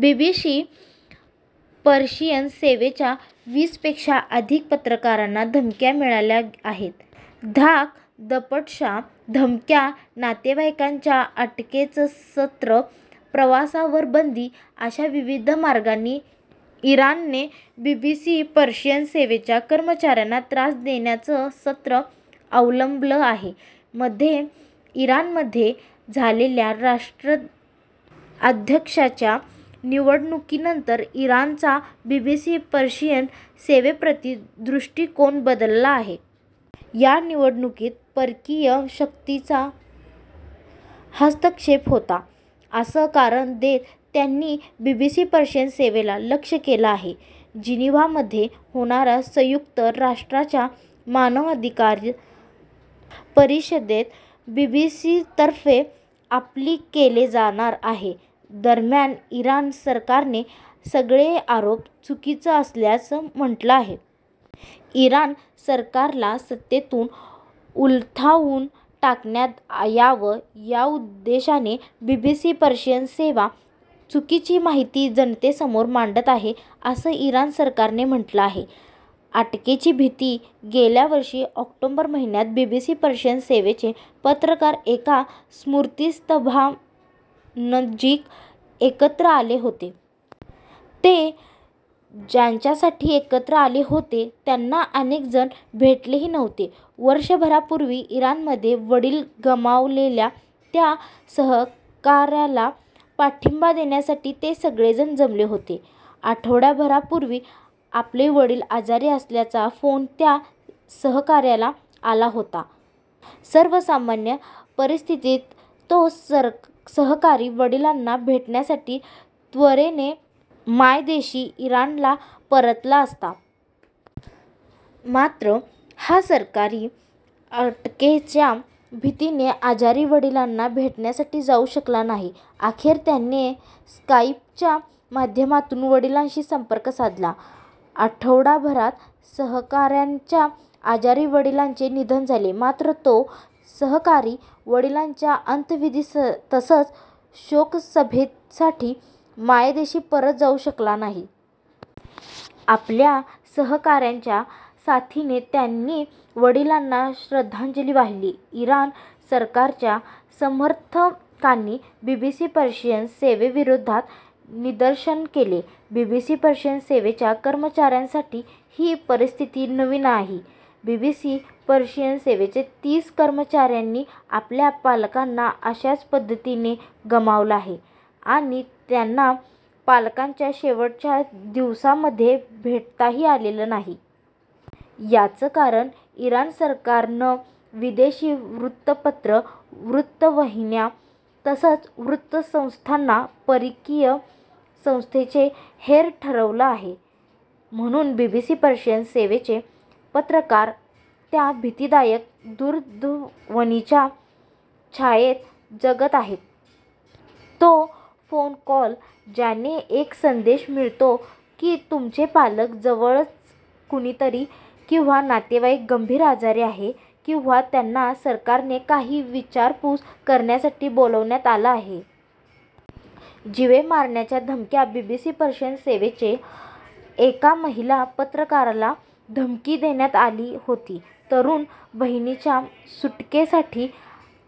BBC Persian सेवेच्या वीसपेक्षा अधिक पत्रकारांना धमक्या मिळाल्या आहेत. धाकदपटशा, धमक्या, नातेवाईकांच्या अटकेचं सत्र, प्रवासावर बंदी, अशा विविध मार्गांनी इराणने बीबीसी पर्शियन सेवेच्या कर्मचाऱ्यांना त्रास देण्याचं सत्र अवलंबलं आहे. मध्ये इराणध्ये झालेल्या राष्ट्राध्यक्षांच्या निवडणुकीनंतर इराणचा बीबीसी पर्शियन सेवेप्रती दृष्टिकोन बदलला आहे. या निवडणुकीत परकीय शक्तींचा हस्तक्षेप होता असं कारण देत त्यांनी बीबीसी पर्शियन सेवेला लक्ष्य केलं आहे. जिनिव्हामध्ये होणाऱ्या संयुक्त राष्ट्रांच्या मानवाधिकार परिषदेत बीबीसीतर्फे अपील केले जाणार आहे. दरम्यान इराण सरकारने सगळे आरोप चुकीचं असल्याचं म्हटलं आहे. इराण सरकारला सत्तेतून उलथावून टाकण्यात यावं, याउद्देशाने बीबीसी पर्शियन सेवा चुकीची माहिती जनतेसमोर मांडत आहे, असं इराण सरकारनं म्हटलं आहे. अटकेची भीती गेल्या वर्षी ऑक्टोबर महिन्यात बीबीसी पर्शियन सेवेचे पत्रकार एका स्मृतिस्तंभानजीक एकत्र आले होते. ते ज्यांच्यासाठी एकत्र आले होते त्यांना अनेक जण भेटलेही नव्हते. वर्षभरापूर्वी इराणमध्ये वडील गमावलेल्या त्या सहकाऱ्याला पाठिंबा देण्यासाठी ते सगळेजण जमले होते. आठवडाभरापूर्वी आपले वडील आजारी असल्याचा फोन त्या सहकाऱ्याला आला होता. सर्वसामान्य परिस्थितीत तो सहकारी वडिलांना भेटण्यासाठी त्वरेने मायदेशी इराणला परतला असता. मात्र हा सहकारी अटकेच्या भीतीने आजारी वडिलांना भेटण्यासाठी जाऊ शकला नाही. अखेर त्याने स्काइपच्या माध्यमातून वडिलांशी संपर्क साधला. आठवडाभरात सहकाऱ्याच्या आजारी वडिलांचे निधन झाले. मात्र तो सहकारी वडिलांच्या अंत्यविधी तसंच शोकसभेसाठी मायदेशी परत जाऊ शकला नाही. आपल्या सहकाऱ्यांच्या साथीने त्यांनी वडिलांना श्रद्धांजली वाहिली. इराण सरकारच्या समर्थकांनी बीबीसी पर्शियन सेवेविरोधात निदर्शनं केली. बीबीसी पर्शियन सेवेच्या कर्मचाऱ्यांसाठी ही परिस्थिती नवीन नाही. बीबीसी पर्शियन सेवेच्या तीस कर्मचाऱ्यांनी आपल्या पालकांना अशाच पद्धतीने गमावलं आहे आणि त्यांना पालकांच्या शेवटच्या दिवसांमध्ये भेटताही आलेलं नाही. याचं कारण इराण सरकारनं विदेशी वृत्तपत्रं, वृत्तवाहिन्या तसंच वृत्तसंस्थांना परकीय संस्थांचे हेर ठरवलं आहे. म्हणून बीबीसी पर्शियन सेवेचे पत्रकार त्या भीतीदायक दूरध्वनीच्या छायेत जगत आहेत, तो फोन कॉल ज्याने एक संदेश मिळतो की तुमचे पालक, जवळचं कुणीतरी किंवा नातेवाईक गंभीर आजारी आहे किंवा त्यांना सरकारने काही विचारपूस करण्यासाठी बोलवण्यात आलं आहे. जीवे मारण्याच्या धमक्या बीबीसी पर्शियन सेवेच्या एका महिला पत्रकाराला धमकी देण्यात आली होती. तरुण बहिणीच्या सुटकेसाठी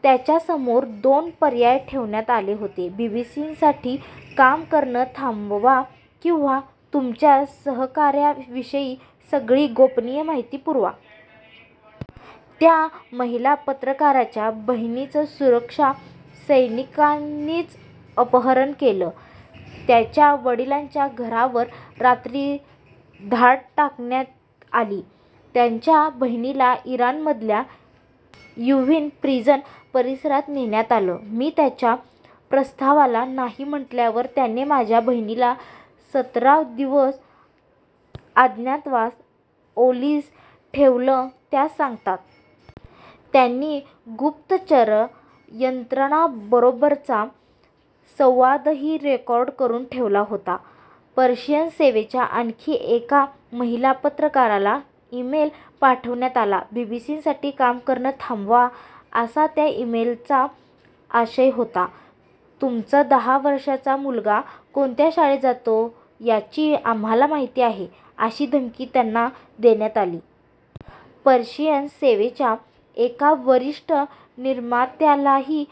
त्यांच्यासमोर दोन पर्याय ठेवण्यात आले होते बीबीसीसाठी काम करणं थांबवा किंवा तुमच्या सहकाऱ्यांविषयी सगळी गोपनीय माहिती पुरवा. त्या महिला पत्रकाराच्या बहिणीचं सुरक्षा सैनिकांनीच अपहरण केलं. त्यांच्या वडिलांच्या घरावर रात्री धाड टाकण्यात आली. त्यांच्या बहिणीला इराणमधल्या इव्हिन प्रिझन परिसरात नेण्यात आलं. "मी त्यांच्या प्रस्तावाला नाही म्हटल्यावर त्यांनी माझ्या बहिणीला सतरा दिवस अज्ञातवासात ओलीस ठेवलं त्या सांगतात. त्यांनी गुप्तचर यंत्रणांबरोबरचा संवादही रेकॉर्ड करून ठेवला होता. पर्शियन सेवेच्या आणखी एका महिला पत्रकाराला इमेल पाठवण्यात आला. बीबीसीसाठी काम करणं थांबवावं, असा त्या इमेलचा आशय होता. तुमचा दहा वर्षांचा मुलगा कोणत्या शाळेत जातो याची आम्हाला माहिती आहे अशी धमकी त्यांना देण्यात आली. पर्शियन सेवेच्या एका वरिष्ठ निर्मात्यालाही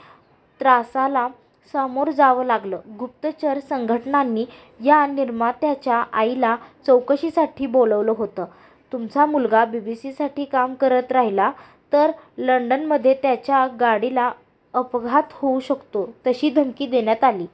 त्रासाला सामोरं जावं लागलं. गुप्तचर संघटनांनी या निर्मात्याच्या आईला चौकशीसाठी बोलावलं होतं. तुमचा मुलगा बीबीसीसाठी काम करत राहिला तर लंडनमध्ये त्यांच्या गाडीला अपघात होऊ शकतो अशी धमकी देण्यात आली.